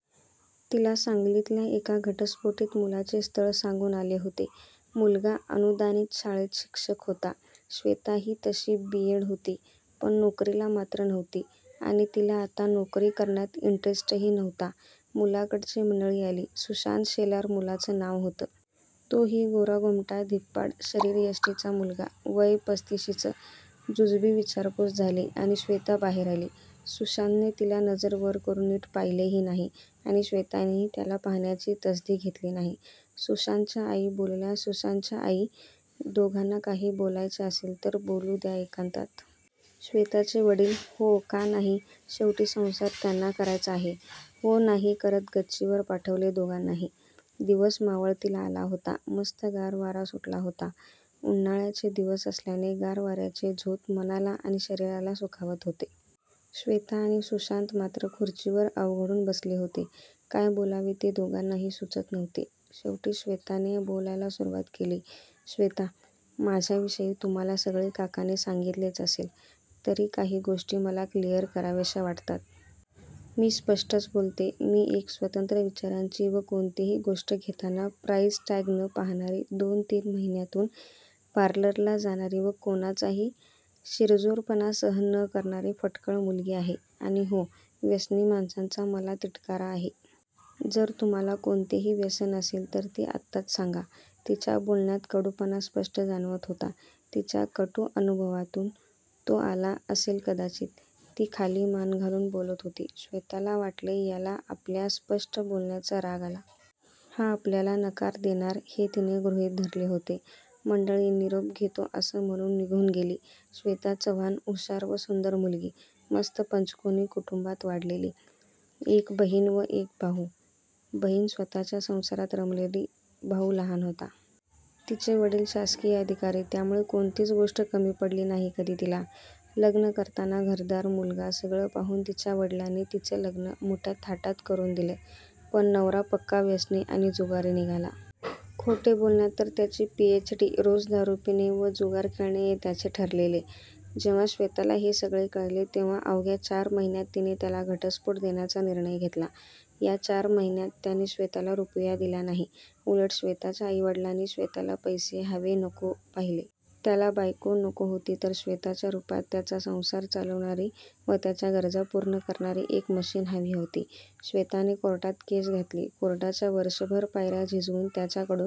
तिला सांगलीतल्या एका घटस्फोटित मुलाचे स्थळ सांगून आले होते. मुलगा अनुदानित शाळेत शिक्षक होता. श्वेता ही तशी बी. एड होती. पण नोकरीला मात्र नव्हती आणि तिला आता नोकरी करण्यात इंटरेस्टही नव्हता. मुलाकडची मंडळी आली, सुशांत शेलार मुलाचं नाव होतं. तोही गोरागोमटा, धिप्पाड शरीरयष्टीचा मुलगा, वय पस्तिशीचं. जुजबी विचारपूस झाली आणि श्वेता बाहेर आली. सुशांतने तिला नजर वर करून नीट पाहिलेही नाही आणि श्वेतानेही त्याला पाहण्याची तसदी घेतली नाही. सुशांतच्या आई बोलल्या, सुशांतच्या आई, दोघांना काही बोलायचे असेल तर बोलू द्या एकांतात. श्वेताचे वडील, हो का नाही, शेवटी संसार त्यांना करायचा आहे. हो-नाही करत गच्चीवर पाठवले दोघांनाही! दिवस मावळतीला आला होता. मस्त गार वारा सुटला होता, उन्हाळ्याचे दिवस असल्याने गार वाऱ्याचे झोत मनाला आणि शरीराला सुखावत होते. श्वेता आणि सुशांत मात्र खुर्चीवर अवघडून बसले होते. काय बोलावे ते दोघांनाही सुचत नव्हते. शेवटी श्वेताने बोलायला सुरुवात केली. श्वेता, माझ्याविषयी तुम्हाला सगळे काकांनी सांगितलेच असेल, तरी काही गोष्टी मला क्लिअर कराव्याशा वाटतात. मी स्पष्टच बोलते. मी एक स्वतंत्र विचारांची व कोणतीही गोष्ट घेताना प्राईज टॅग न पाहणारी, दोन-तीन महिन्यांतून पारललला जाणारी व कोणाचाही शिरजोरपणा सहन न करणारी फटकळ मुलगी आहे आणि हो, व्यसनी माणसांचा मला तिटकारा आहे. जर तुम्हाला कोणतेही व्यसन असेल तर ते आत्ताच सांगा. तिच्या बोलण्यात कडूपणा स्पष्ट जाणवत होता. तिच्या कटू अनुभवातून तो आला असेल कदाचित. ती खाली मान घालून बोलत होती. श्वेताला वाटले याला आपल्या स्पष्ट बोलण्याचा राग आला. हा आपल्याला नकार देणार हे तिने गृहीत धरले होते. मंडळी निरोप देतो असं म्हणून निघून गेली. श्वेता चव्हाण हुशार व सुंदर मुलगी. मस्त पंचकोनी कुटुंबात वाढलेली. एक बहीण व एक भाऊ; बहीण स्वतःच्या संसारात रमलेली, भाऊ लहान होता. तिचे वडील शासकीय अधिकारी, त्यामुळे कोणतीच गोष्ट कमी पडली नाही कधी तिला! लग्न करताना घरदार, मुलगा सगळं पाहून तिच्या वडिलांनी तिचं लग्न मोठ्या थाटात करून दिलं. पण नवरा पक्का व्यसनी आणि जुगारी निघला. खोटे बोलण्यात तर त्याची पी.एच.डी., रोज दारू पिणे व जुगार खेळणे हे त्याचे ठरलेले. जेव्हा श्वेताला हे सगळे कळले तेव्हा अवघ्या चार महिन्यांत तिने त्याला घटस्फोट देण्याचा निर्णय घेतला. या चार महिन्यांत त्याने श्वेताला रुपया दिला नाही, उलट श्वेताच्या आई-वडिलांनी श्वेताला पैसे, हवे-नको पाहिले. त्याला बायको नको होती तर श्वेताच्या रूपात त्याचा संसार चालवणारी व त्याच्या गरजा पूर्ण करणारी एक मशीन हवी होती. श्वेताने कोर्टात केस घातली, कोर्टाच्या वर्षभर पायऱ्या झिजवून त्याच्याकडून